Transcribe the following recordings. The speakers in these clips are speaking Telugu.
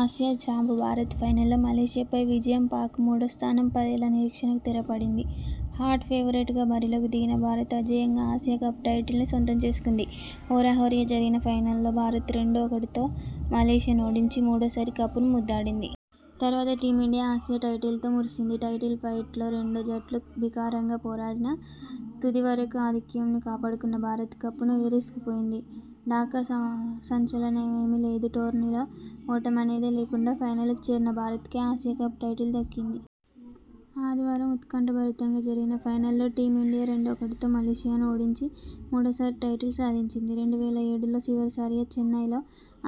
ఆసియా చాంప్ భారత్ ఫైనల్లో మలేసియాపై విజయం పాక్కు మూడో స్థానం పదేళ్ల నిరీక్షణ తెరపడింది. హాట్ ఫేవరెట్ గా బరిలోకి దిగిన భారత్. అజేయంగా ఆసియా కప్ టైటిల్ ను సొంతం చేసుకుంది. హోరాహోరీ జరిగిన ఫైనల్ లో భారత్ రెండు ఒకటితో మలేసియాను ఓడించి మూడోసారి కప్ ను ముద్దాడింది. తర్వాత టీమిండియా ఆసియా టైటిల్ తో మురిసింది. టైటిల్ ఫైట్ లో రెండు జట్లూ బికారంగా పోరాడినా. తుది వరకు ఆధిక్యం ని కాపాడుకున్న భారత్ కప్ ను ఎగరేసుకుపోయింది. ఢాకా సా సంచలనమేమీ లేదు. టోర్నీలో ఓటమనేదే లేకుండా ఫైనల్ కు చేరిన భారత్ కే ఆసియా కప్ టైటిల్ దక్కింది. ఆదివారం ఉత్కంఠభరితంగా జరిగిన ఫైనల్ లో టీం ఇండియా రెండు ఒకటితో మలేసియాను ఓడించి మూడోసారి టైటిల్ సాధించింది. రెండు వేల ఏడులో చివరిసారి చెన్నైలో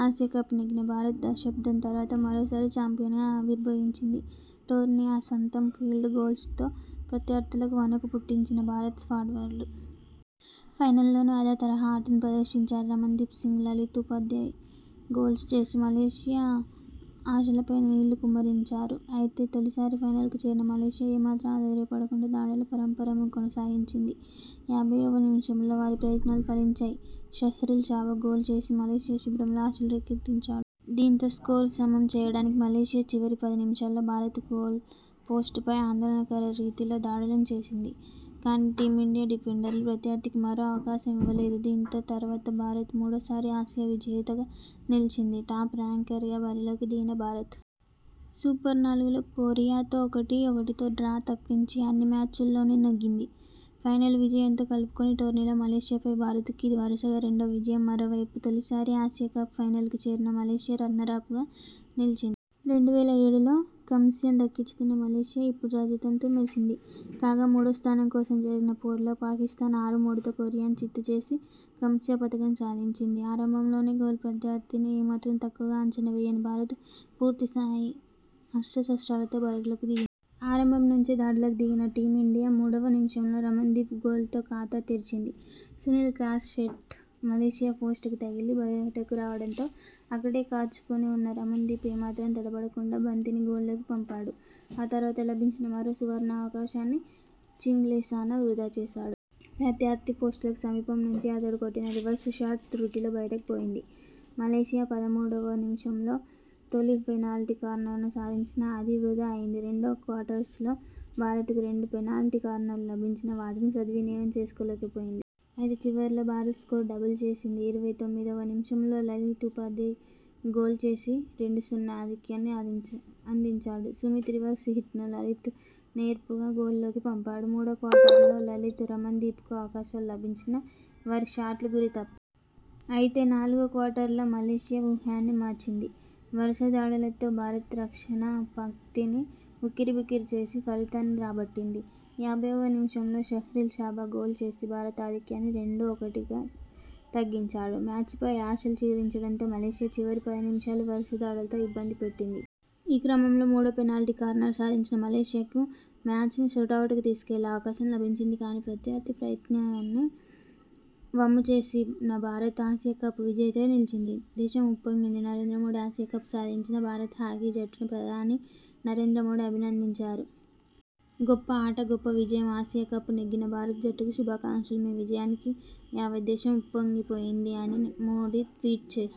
ఆసియా కప్ నెగ్గిన భారత్. దశబ్దం తర్వాత మరో సారి చాంపియన్ గా ఆవిర్భవించింది. టోర్నీ ఆసొంతం ఫీల్డ్ గోల్స్ తో ప్రత్య ర్థులకు వణుకు పుట్టించిన భారత్ ఫార్వర్లు. ఫైనల్లోనూ అదే తరహా ఆటను ప్రదర్శించారు. రమణ్దీప్ సింగ్, లలిత్ ఉపాధ్యాయ్ గోల్స్ చేసి మలేసియా ఆశలపై నీళ్లు కుమ్మరించారు. అయితే తొలిసారి ఫైనల్కు చేరిన మలేసియా ఏమాత్రం అధైర్యపడకుండా దాడుల పరంపరను కొనసాగించింది. యాభైవ నిమిషంలో వారి ప్రయత్నాలు ఫలించాయి. షహ్రీల్ సాబా గోల్ చేసి మలేసియా శిబిరంలో ఆశలు రేకెత్తించాడు. దీంతో స్కోరు సమం చేయడానికి మలేసియా చివరి పది నిమిషాల్లో భారత గోల్ పోస్ట్ పై ఆందోళనకర రీతిలో దాడులను చేసింది. కానీ, టీం ఇండియా డిఫెండర్లు ప్రత్యర్థికి మరో అవకాశం ఇవ్వలేదు. దీంతో, తర్వాత భారత్ మూడోసారి ఆసియా విజేతగా నిలిచింది. టాప్ ర్యాంకర్ గా బరిలోకి దిగిన భారత్. సూపర్ నాలుగులో కోరియాతో ఒకటి ఒకటితో డ్రా తప్పించి అన్ని మ్యాచ్ల్లోనూ నెగ్గింది. ఫైనల్ విజయంతో కలుపుకుని టోర్నీలో మలేసియా పై భారత్ కు ఇది వరుసగా రెండో విజయం. మరో వైపు తొలిసారి ఆసియా కప్ ఫైనల్ కు చేరిన మలేసియా రన్నరప్ గా నిలిచింది. రెండు వేల ఏడులో కంస్యం దక్కించుకున్న మలేసియా ఇప్పుడు రజతంతో మెరిసింది. కాగా, మూడో స్థానం కోసం జరిగిన పోరులో పాకిస్థాన్ ఆరు మూడుతో కొరియాను చిత్తు చేసి కంస్య పతకం సాధించింది. ఆరంభంలోనే గోల్.. ప్రత్యర్థిని ఏమాత్రం తక్కువగా అంచనా వేయని భారత్.. పూర్తిస్థాయి అస్త్ర శస్త్రాలతో బరిలోకి దిగింది. ఆరంభం నుంచే దాడులకు దిగిన టీం ఇండియా మూడువ నిమిషంలో రమణ్దీప్ గోల్ తో ఖాతా తెరిచింది. సునీల్ క్రాస్ షెట్ మలేసియా పోస్టుకు తగిలి బయటకు రావడంతో అక్కడే కాచుకుని ఉన్న రమణ్దీప్ ఏమాత్రం తడబడకుండా బంతిని గోల్లోకి పంపాడు. ఆ తర్వాత లభించిన మరో సువర్ణావకాశాన్ని చింగ్లేసానా వృథా చేశాడు. ప్రత్యర్థి పోస్టుకు సమీపం నుంచి అతడు కొట్టిన రివర్స్ షాట్ త్రుటిలో బయటకు పోయింది. మలేసియా పదమూడువ నిమిషంలో తొలి పెనాల్టీ కార్నర్ ను సాధించినా అది వృథా అయింది. రెండో క్వార్టర్స్ లో భారత్ కు రెండు పెనాల్టీ కార్నర్ లు లభించినా వాటిని సద్వినియోగం చేసుకోలేక పోయింది. అయితే చివర్లో భారత్ స్కోరు డబుల్ చేసింది. ఇరవై తొమ్మిదివ నిమిషంలో లలిత్ ఉపాధ్యాయ్ గోల్చేసి రెండు సున్నా ఆధిక్యాన్ని అందించి అందించాడు. సుమీత్ రివర్స్ హిట్ను లలిత్ నేర్పుగా గోల్ లోకి పంపాడు. మూడో క్వార్టర్ లో లలిత్, రమణ్దీప్ కు అవకాశాలు లభించినా వారి షాట్లు గురి తప్. అయితే నాలుగో క్వార్టర్ లో మలేసియా వ్యూహాన్ని మార్చింది. వరుస దాడులతో భారత్ రక్షణ పంక్తిని ఉక్కిరిబిక్కిరి చేసి ఫలితాన్ని రాబట్టింది. యాభైవ నిమిషంలో షహ్రీల్ సాబా గోల్ చేసి భారత ఆధిక్యాన్ని రెండు ఒకటిగా తగ్గించాడు. మ్యాచ్ పై ఆశలు చిగురించడంతో మలేసియా చివరి పది నిమిషాలు వరుస దాడులతో ఇబ్బంది పెట్టింది. ఈ క్రమంలో మూడో పెనాల్టీ కార్నర్ సాధించిన మలేసియాకు మ్యాచ్ ను షూటౌట్ కు తీసుకెళ్లే అవకాశం లభించింది. కానీ, ప్రత్యర్థి ప్రయత్నాన్ని వమ్ము చేసిన భారత్ ఆసియా కప్ విజేతగా నిలిచింది. దేశం ఉప్పొంగింది.. నరేంద్ర మోదీ ఆసియా కప్ సాధించిన భారత హాకీ జట్టును ప్రధాని నరేంద్ర మోదీ అభినందించారు. 'గొప్ప ఆట గొప్ప విజయం. ఆసియా కప్ నెగ్గిన భారత జట్టుకు శుభాకాంక్షలు. మీ విజయానికి యావద్దేశం ఉప్పొంగి పోయింది' అని మోదీ ట్వీట్ చేశా.